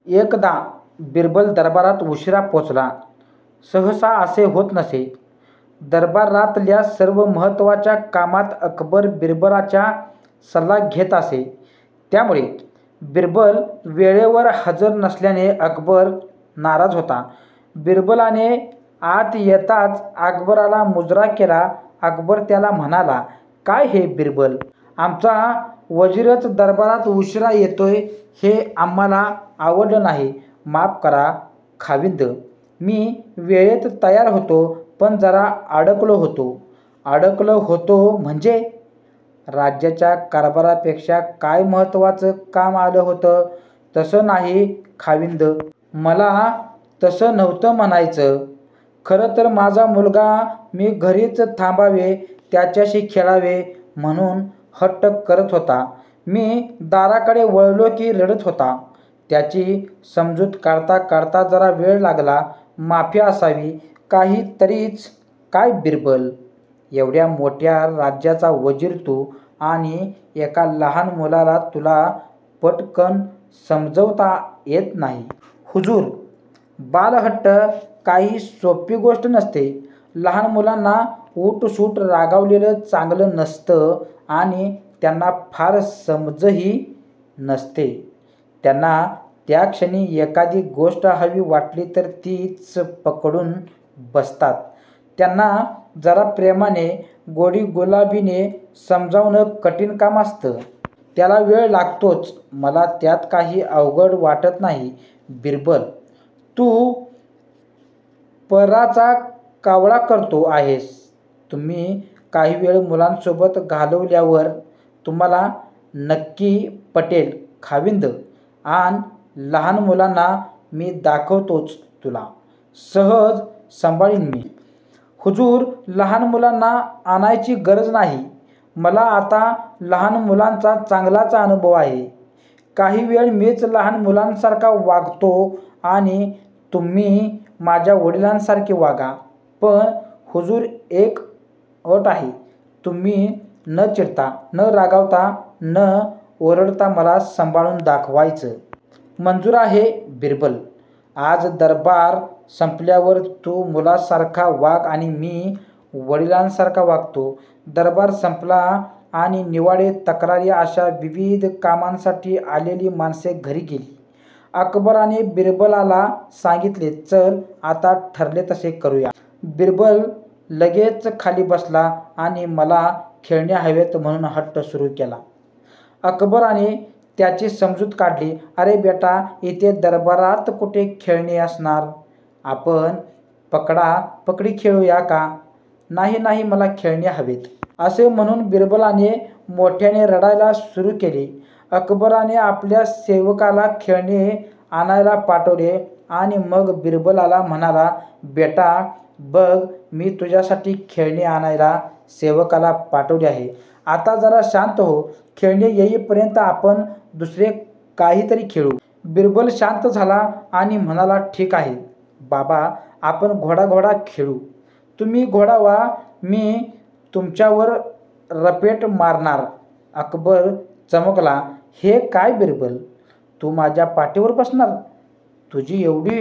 एकदा बिरबल दरबारात उशिरा पोहोचला. सहसा असे होत नसे. दरबारातल्या सर्व महत्वाच्या कामात अकबर बिरबलाच्या सल्ला घेत असे. त्यामुळे बिरबल वेळेवर हजर नसल्याने अकबर नाराज होता. बिरबलाने आत येताच अकबराला मुजरा केला. अकबर त्याला म्हणाला, काय हे बिरबल? आमचा वजीरच दरबारात उशिरा येतोय हे आम्हाला आवडलं नाही. माफ करा खाविंद. मी वेळेत तयार होतो, पण जरा अडकलो होतो. अडकलो होतो म्हणजे, राज्याच्या कारभारापेक्षा काय महत्वाचं काम आलं होतं? तसं नाही खाविंद. मला तसं नव्हतं म्हणायचं. खरं तर माझा मुलगा मी घरीच थांबावे, त्याच्याशी खेळावे म्हणुन हट्ट करत होता. मी दाराकडे वळलो कि रडत होता. त्याची समजुत काढता काढता जरा वेळ लागला. माफी असावी. काहीतरीच काय बिरबल, एवढ्या मोठ्या राज्याचा वजीर तु आणि एका लहान मुलाला तुला पटकन समजावता येत नाही? हुजूर, बालहट्ट काही सोपी गोष्ट नसते. लहान मुलांना उठसूट रागावलेलं चांगलं नसतं आणि त्यांना फार समजही नसते. त्यांना त्याक्षणी एखादी गोष्ट हवी वाटली तर तीच पकडून बसतात. त्यांना जरा प्रेमाने, गोडीगुलाबीने समजावणं कठीण काम असतं. त्याला वेळ लागतोच. मला त्यात काही अवघड वाटत नाही बिरबल. तू पराचा कावळा करतो आहेस. तुम्ही काही वेळ मुलांसोबत घालवल्यावर तुम्हाला नक्की पटेल, खाविंद. आण लहान मुलांना. मी दाखवतोच तुला, सहज सांभाळीन मी. हुजूर, लहान मुलांना आणायची गरज नाही. मला आता लहान मुलांचा चांगलाच अनुभव आहे, काही वेळ मीच लहान मुलांसारखा वागतो आणि तुम्ही माझ्या वडिलांसारखे वागा. पण हुजूर, एक अट आहे. तुम्ही न चिडता, न रागावता, न ओरडता मला सांभाळून दाखवायचं. मंजुर आहे बिरबल, आज दरबार संपल्यावर तु मुलासारखा वाग आणि मी वडिलांसारखा वागतो. दरबार संपला आणि निवाडे, तक्रारी अशा विविध कामांसाठी आलेली माणसे घरी गेली. अकबराने बिरबलाला सांगितले चल आता ठरले तसे करूया. बिरबल लगेच खाली बसला आणि मला खेळणे हवेत म्हणुन हट्ट सुरु केला. अकबराने त्याची समजूत काढली, अरे बेटा, इथे दरबारात कुठे खेळणे असणार? आपण पकडा पकडी खेळूया का? नाही नाही, मला खेळणे हवेत. असे म्हणुन बिरबलाने मोठ्याने रडायला सुरु केले. अकबराने आपल्या सेवकाला खेळणे आणायला पाठवले. आणि मग बिरबलाला म्हणाला बेटा, बघ मी तुझ्यासाठी खेळणे आणायला सेवकाला पाठवले आहे. आता जरा शांत हो. खेळणे येईपर्यंत आपण दुसरे काहीतरी खेळू. बिरबल शांत झाला. आणि म्हणाला ठीक आहे बाबा, आपण घोडा घोडा खेळू. तुम्ही घोडा व्हा, मी तुमच्यावर रपेट मारणार. अकबर चमकला. हे काय बिरबल? तू माझ्या पाठीवर बसणार? तुझी एवढी